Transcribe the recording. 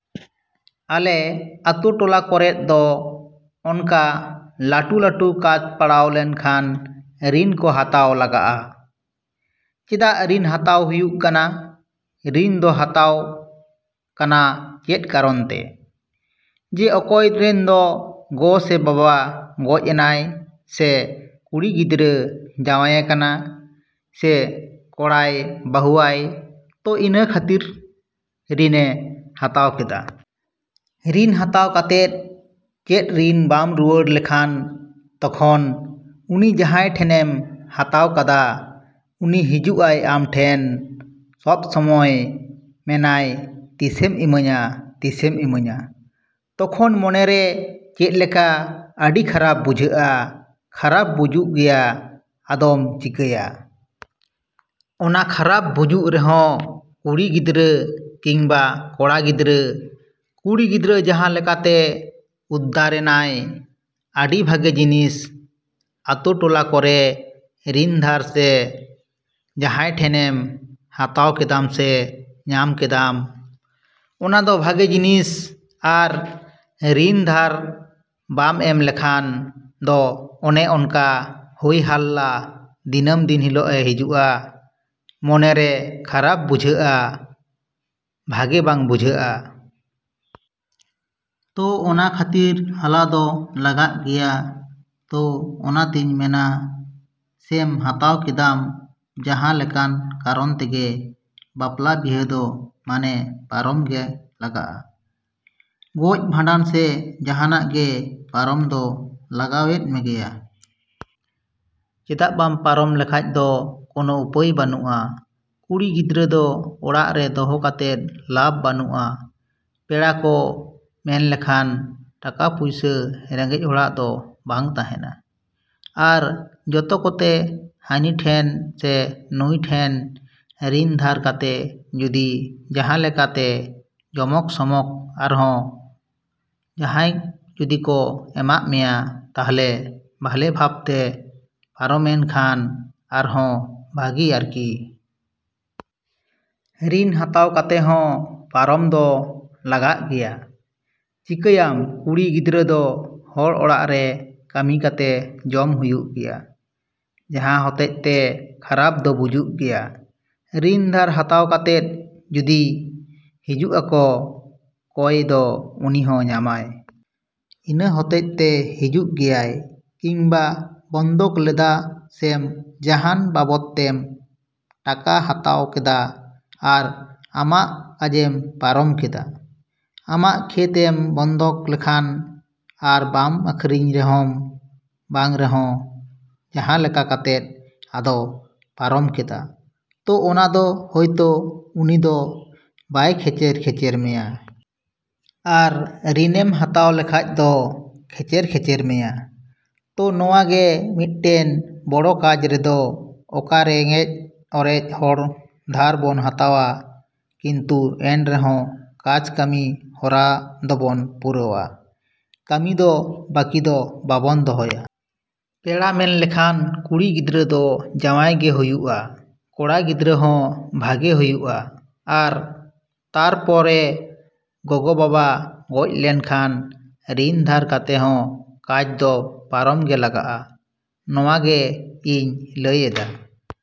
ᱟᱞᱮ ᱟᱛᱳ ᱴᱚᱞᱟ ᱠᱚᱨᱮᱫ ᱫᱚ ᱚᱱᱠᱟ ᱞᱟᱴᱩ ᱞᱟᱴᱩ ᱠᱟᱡᱽ ᱯᱟᱲᱟᱣ ᱞᱮᱱᱠᱷᱟᱱ ᱨᱤᱱ ᱠᱚ ᱦᱟᱛᱟᱣ ᱞᱟᱜᱟᱜᱼᱟ᱾ ᱪᱮᱫᱟᱜ ᱨᱤᱱ ᱦᱟᱛᱟᱣ ᱦᱩᱭᱩᱜ ᱠᱟᱱᱟ? ᱨᱤᱱ ᱫᱚ ᱦᱟᱛᱟᱣ ᱠᱟᱱᱟ ᱪᱮᱫ ᱠᱟᱨᱚᱱ ᱛᱮ? ᱡᱮ ᱚᱠᱚᱭ ᱨᱮᱱ ᱫᱚ ᱜᱚ ᱥᱮ ᱵᱟᱵᱟ ᱜᱚᱡ ᱮᱱᱟᱭ ᱥᱮ ᱠᱩᱲᱤ ᱜᱤᱫᱽᱨᱟᱹ ᱡᱟᱶᱟᱭᱮ ᱠᱟᱱᱟ ᱥᱮ ᱠᱚᱲᱟᱭ ᱵᱟᱦᱩᱣᱟᱭ ᱛᱚ ᱤᱱᱟᱹ ᱠᱷᱟᱹᱛᱤᱨ ᱨᱤᱱᱮ ᱦᱟᱛᱟᱣ ᱠᱮᱫᱟ᱾ ᱨᱤᱱ ᱦᱟᱛᱟᱣ ᱠᱟᱛᱮᱫ ᱪᱮᱫ ᱨᱤᱱ ᱵᱟᱢ ᱨᱩᱣᱟᱹᱲ ᱞᱮᱠᱷᱟᱱ ᱛᱚᱠᱷᱚᱱ ᱩᱱᱤ ᱡᱟᱦᱟᱭ ᱴᱷᱮᱱᱮᱢ ᱦᱟᱛᱟᱣ ᱠᱟᱫᱟ ᱩᱱᱤ ᱦᱤᱡᱩᱜᱼᱟᱭ ᱟᱢᱴᱷᱮᱱ ᱥᱚᱵᱥᱚᱢᱚᱭ ᱢᱮᱱᱟᱭ ᱛᱤᱥᱮᱢ ᱤᱢᱟᱹᱧᱟ ᱛᱤᱥᱮᱢ ᱤᱢᱟᱹᱧᱟ? ᱛᱚᱠᱷᱚᱱ ᱢᱚᱱᱮᱨᱮ ᱪᱮᱫ ᱞᱮᱠᱟ ᱟᱹᱰᱤ ᱠᱷᱟᱨᱟᱯ ᱵᱩᱡᱷᱟᱹᱜᱼᱟ ᱠᱷᱟᱨᱟᱯ ᱵᱩᱡᱩᱜ ᱜᱮᱭᱟ ᱟᱫᱚᱢ ᱪᱤᱠᱟᱹᱭᱟ᱾ ᱚᱱᱟ ᱠᱷᱟᱨᱟᱯ ᱵᱩᱡᱩᱜ ᱨᱮᱦᱚᱸ ᱠᱩᱲᱤ ᱜᱤᱫᱽᱨᱟᱹ ᱠᱤᱝᱵᱟ ᱠᱚᱲᱟ ᱜᱤᱫᱽᱨᱟᱹ ᱠᱩᱲᱤ ᱜᱤᱫᱽᱨᱟᱹ ᱡᱟᱦᱟᱸ ᱞᱮᱠᱟᱛᱮ ᱩᱫᱫᱟᱨ ᱮᱱᱟᱭ ᱾ ᱟᱹᱰᱤ ᱵᱷᱟᱜᱮ ᱡᱤᱱᱤᱥ ᱟᱛᱳ ᱴᱚᱞᱟ ᱠᱚᱨᱮ ᱨᱤᱱ ᱫᱷᱟᱨ ᱥᱮ ᱡᱟᱦᱟᱭ ᱴᱷᱮᱡ ᱮᱢ ᱦᱟᱛᱟᱣ ᱠᱮᱫᱟᱢ ᱥᱮ ᱧᱟᱢ ᱠᱮᱫᱟᱢ ᱚᱱᱟ ᱫᱚ ᱵᱷᱟᱜᱮ ᱡᱤᱱᱤᱥ ᱟᱨ ᱨᱤᱱ ᱫᱷᱟᱨ ᱵᱟᱢ ᱮᱢ ᱞᱮᱠᱷᱟᱱ ᱫᱚ ᱚᱱᱮ ᱚᱱᱠᱟ ᱦᱳᱭ ᱦᱟᱞᱞᱟ ᱫᱤᱱᱟᱹᱢ ᱫᱤᱱ ᱦᱤᱞᱳᱜ ᱮ ᱦᱤᱡᱩᱜᱼᱟ ᱢᱚᱱᱮ ᱨᱮ ᱠᱷᱟᱨᱟᱯ ᱵᱩᱡᱟᱹᱜᱼᱟ ᱵᱷᱟᱜᱮ ᱵᱟᱝ ᱵᱩᱡᱟᱹᱜᱼᱟ᱾ ᱛᱚ ᱚᱱᱟ ᱠᱷᱟᱹᱛᱤᱨ ᱦᱟᱞᱟ ᱫᱚ ᱞᱟᱜᱟᱜ ᱜᱮᱭᱟ᱾ ᱛᱚ ᱚᱱᱟ ᱛᱮᱧ ᱢᱮᱱᱟ ᱥᱮᱢ ᱦᱟᱛᱟᱣ ᱠᱮᱫᱟᱢ ᱡᱟᱦᱟ ᱞᱮᱠᱟᱱ ᱠᱟᱨᱚᱱ ᱛᱮᱜᱮ ᱵᱟᱯᱞᱟ ᱵᱤᱦᱟᱹ ᱫᱚ ᱢᱟᱱᱮ ᱯᱟᱨᱚᱢ ᱜᱮ ᱞᱟᱜᱟᱜᱼᱟ᱾ ᱜᱚᱡ ᱵᱷᱟᱸᱰᱟᱱ ᱥᱮ ᱡᱟᱦᱟᱱᱟᱜ ᱜᱮ ᱯᱟᱨᱚᱢ ᱫᱚ ᱞᱟᱜᱟᱣᱮᱫ ᱢᱮᱜᱮᱭᱟ᱾ ᱪᱮᱫᱟᱜ ᱵᱟᱢ ᱯᱟᱨᱚᱢ ᱞᱮᱠᱷᱟᱡ ᱫᱚ ᱠᱚᱱᱚ ᱩᱯᱟᱹᱭ ᱵᱟᱱᱩᱜᱼᱟ᱾ ᱠᱩᱲᱤ ᱜᱤᱫᱽᱨᱟᱹ ᱦᱚᱸ ᱚᱲᱟᱜ ᱨᱮ ᱫᱚᱦᱚ ᱠᱟᱛᱮ ᱞᱟᱵ ᱵᱟᱹᱱᱩᱜᱼᱟ᱾ ᱯᱮᱲᱟ ᱠᱚ ᱢᱮᱱ ᱞᱮᱠᱷᱟᱱ ᱴᱟᱠᱟ ᱯᱩᱭᱥᱟᱹ ᱨᱮᱸᱜᱮᱡ ᱦᱚᱲᱟᱜ ᱫᱚ ᱵᱟᱝ ᱛᱟᱦᱮᱱᱟ᱾ ᱟᱨ ᱡᱚᱛᱚ ᱠᱚᱛᱮ ᱦᱟᱹᱱᱤ ᱴᱷᱮᱱ ᱥᱮ ᱱᱩᱭ ᱴᱷᱮᱱ ᱨᱤᱱ ᱫᱷᱟᱨ ᱠᱟᱛᱮ ᱡᱩᱫᱤ ᱡᱟᱦᱟᱞᱮᱠᱟ ᱛᱮ ᱡᱚᱢᱚᱠ ᱥᱚᱢᱚᱠ ᱟᱨᱦᱚ ᱡᱟᱦᱟᱭ ᱡᱩᱫᱤ ᱠᱚ ᱮᱢᱟᱜ ᱢᱮᱭᱟ ᱛᱟᱦᱞᱮ ᱵᱷᱟᱞᱮ ᱵᱷᱟᱵᱛᱮ ᱯᱟᱨᱚᱢᱮᱱ ᱠᱷᱟᱱ ᱟᱨᱦᱚ ᱵᱷᱟᱜᱤ ᱟᱨᱠᱤ᱾ ᱨᱤᱱ ᱦᱟᱛᱟᱣ ᱠᱟᱛᱮ ᱦᱚᱸ ᱯᱟᱨᱚᱢ ᱫᱚ ᱞᱟᱜᱟᱜ ᱜᱮᱭᱟ᱾ ᱪᱤᱠᱟᱹᱭᱟᱢ ᱠᱩᱲᱤ ᱜᱤᱫᱽᱨᱟᱹ ᱫᱚ ᱦᱚᱲ ᱚᱲᱟᱜ ᱨᱮ ᱠᱟᱹᱢᱤ ᱠᱟᱛᱮ ᱡᱚᱢ ᱦᱩᱭᱩᱜ ᱜᱮᱭᱟ᱾ ᱡᱟᱦᱟᱸ ᱦᱚᱛᱮᱡ ᱛᱮ ᱠᱷᱟᱨᱟᱯ ᱫᱚ ᱵᱩᱡᱩᱜ ᱜᱮᱭᱟ᱾ ᱨᱤᱱ ᱫᱷᱟᱨ ᱦᱟᱛᱟᱣ ᱠᱟᱛᱮᱫ ᱡᱩᱫᱤ ᱦᱤᱡᱩᱜ ᱟᱠᱚ ᱠᱚᱭ ᱫᱚ ᱩᱱᱤᱦᱚᱸ ᱧᱟᱢᱟᱭ᱾ ᱤᱱᱟᱹ ᱦᱚᱛᱮᱡ ᱛᱮ ᱦᱤᱡᱩᱜ ᱜᱮᱭᱟᱭ᱾ ᱠᱤᱝᱵᱟ ᱵᱚᱱᱫᱷᱚᱠ ᱞᱮᱫᱟ ᱥᱮᱢ ᱡᱟᱦᱟᱱ ᱵᱟᱵᱚᱛ ᱛᱮᱢ ᱴᱟᱠᱟ ᱦᱟᱛᱟᱣ ᱠᱮᱫᱟ ᱟᱨ ᱟᱢᱟᱜ ᱠᱟᱡᱮᱢ ᱯᱟᱨᱚᱢ ᱠᱮᱫᱟ᱾ ᱟᱢᱟᱜ ᱠᱷᱮᱛ ᱮᱢ ᱵᱚᱱᱫᱷᱚᱠ ᱞᱮᱠᱷᱟᱱ ᱟᱨ ᱵᱟᱢ ᱟᱹᱠᱷᱨᱤᱧ ᱨᱮᱦᱚᱢ ᱵᱟᱝ ᱨᱮᱦᱚᱸ ᱡᱟᱦᱟᱸ ᱞᱮᱠᱟ ᱠᱟᱛᱮᱫ ᱟᱫᱚᱢ ᱯᱟᱨᱚᱢ ᱠᱮᱫᱟ ᱛᱚ ᱚᱱᱟ ᱫᱚ ᱦᱳᱭᱛᱚ ᱩᱱᱤ ᱫᱚ ᱵᱟᱭ ᱠᱷᱮᱪᱮᱨ ᱠᱷᱮᱪᱮᱨ ᱢᱮᱭᱟ᱾ ᱟᱨ ᱨᱤᱱᱮᱢ ᱦᱟᱛᱟᱣ ᱞᱮᱠᱷᱟᱡ ᱫᱚ ᱠᱷᱮᱪᱮᱨ ᱠᱷᱮᱪᱮᱨ ᱢᱮᱭᱟ᱾ ᱛᱚ ᱱᱚᱣᱟ ᱜᱮ ᱢᱤᱫᱴᱮᱱ ᱵᱚᱲᱚ ᱠᱟᱡᱽ ᱨᱮᱫᱚ ᱚᱱᱠᱟ ᱨᱮᱸᱜᱮᱡ ᱚᱨᱮᱡ ᱦᱚᱲ ᱫᱷᱟᱨ ᱵᱚᱱ ᱦᱟᱛᱟᱣᱟ ᱠᱤᱱᱛᱩ ᱮᱱ ᱨᱮᱦᱚᱸ ᱠᱟᱡᱽ ᱠᱟᱹᱢᱤ ᱦᱚᱨᱟ ᱫᱚᱵᱚᱱ ᱯᱩᱨᱟᱹᱣᱟ᱾ ᱠᱟᱹᱢᱤ ᱫᱚ ᱵᱟᱹᱠᱤ ᱫᱚ ᱵᱟᱵᱚᱱ ᱫᱚᱦᱚᱭᱟ᱾ ᱯᱮᱲᱟ ᱢᱮᱱ ᱞᱮᱠᱷᱟᱱ ᱠᱩᱲᱤ ᱜᱤᱫᱽᱨᱟᱹ ᱫᱚ ᱡᱟᱶᱟᱭ ᱜᱮ ᱦᱩᱭᱩᱜᱼᱟ ᱠᱚᱲᱟ ᱜᱤᱫᱽᱨᱟᱹ ᱦᱚᱸ ᱵᱷᱟᱜᱮ ᱦᱩᱭᱩᱜᱼᱟ᱾ ᱟᱨ ᱛᱟᱨ ᱯᱚᱨᱮ ᱜᱚᱜᱚ ᱵᱟᱵᱟ ᱜᱚᱡ ᱞᱮᱱᱠᱷᱟᱱ ᱨᱤᱱ ᱫᱷᱟᱨ ᱠᱟᱛᱮ ᱦᱚᱸ ᱠᱟᱡᱽ ᱫᱚ ᱯᱟᱨᱚᱢ ᱜᱮ ᱞᱟᱜᱟᱜᱼᱟ᱾ ᱱᱚᱣᱟ ᱜᱮ ᱤᱧ ᱞᱟᱹᱭ ᱮᱫᱟ᱾